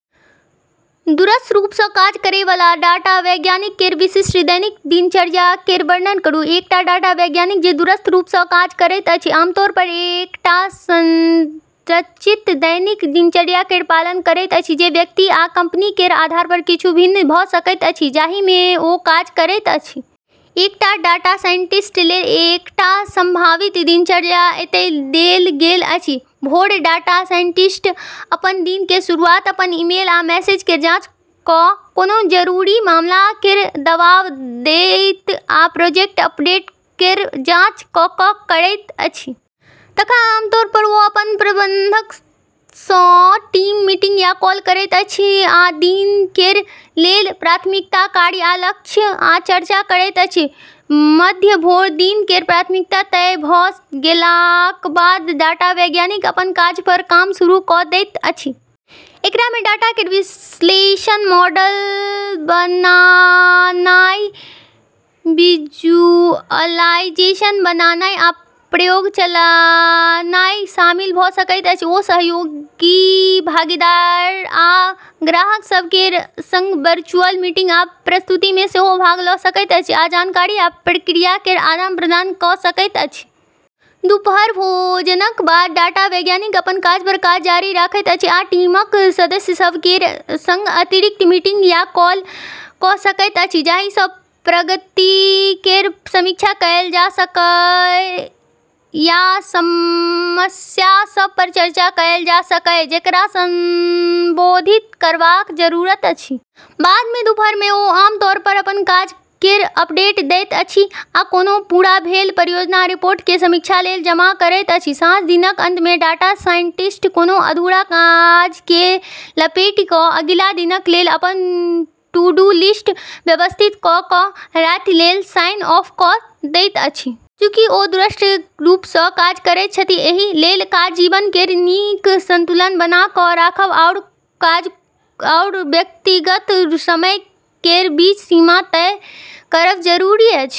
दूरस्थ रूप सँ काज करै बला डाटा वैज्ञानिक केर विशिष्ट दैनिक दिनचर्या केर वर्णन करू। एकटा डाटा वैज्ञानिक जे दूरस्थ रूप सँ काज करैत अछि, आमतौर पर एकटा संरचित दैनिक दिनचर्या केर पालन करैत अछि, जे व्यक्ति आ कंपनी केर आधार पर किछु भिन्न भऽ सकैत अछि, जाहि मे ओ काज करैत अछि। एकटा डाटा साइंटिस्ट लेल एकटा सम्भावित दिनचर्या एतय देल गेल अछि: भोर: डाटा साइंटिस्ट अपन दिन केर शुरुआत अपन ईमेल आ मैसेज केर जांच कऽ, कोनो जरूरी मामला केर जवाब दैत आ प्रोजेक्ट अपडेट केर जांच कऽ कऽ करैत अछि। तखन, आमतौर पर ओ अपन प्रबंधक सँ टीम मीटिंग या कॉल करैत अछि आ दिन केर लेल प्राथमिकता, कार्य आ लक्ष्य पर चर्चा करैत अछि। मध्य भोर: दिन केर प्राथमिकता तय भऽ गेलाक बाद डाटा वैज्ञानिक अपन काज पर काज शुरू कऽ दैत अछि। एकरा मे डाटा केर विश्लेषण, मॉडल बनानाइ, विजुअलाइजेशन बनानाइ, आ प्रयोग चलानाइ शामिल भऽ सकैत अछि। ओ सहयोगी, भागीदार या ग्राहक सभ केर संग वर्चुअल मीटिंग या प्रस्तुति मे सेहो भाग लऽ सकैत अछि आ जानकारी आ प्रतिक्रिया केर आदान-प्रदान कऽ सकैत अछि। दुपहर: भोजनक बाद डाटा वैज्ञानिक अपन काज पर काज जारी राखैत अछि, आ टीमक सदस्य सभ केर संग अतिरिक्त मीटिंग या कॉल कऽ सकैत अछि जाहि सँ प्रगति केर समीक्षा कएल जा सकय या समस्या सभ पर चर्चा कएल जा सकय जेकरा संबोधित करबाक जरूरत अछि। बाद मे दुपहर मे ओ आम तौर पर अपन काज केर अपडेट दैत अछि आ कोनो पूरा भेल परियोजना या रिपोर्ट केँ समीक्षा लेल जमा करैत अछि। साँझ: दिनक अंत मे डाटा साइंटिस्ट कोनो अधूरा काज केँ लपेटि कऽ अगिला दिनक लेल अपन टू-डू लिस्ट व्यवस्थित कऽ कऽ राति लेल साइन ऑफ कऽ दैत अछि। चूँकि ओ दूरस्थ रूप सँ काज करैत छथि, एहि लेल काज-जीवन केर नीक संतुलन बना कऽ राखब आओर काज आओर व्यक्तिगत समय केर बीच सीमा तय करब जरूरी अछि।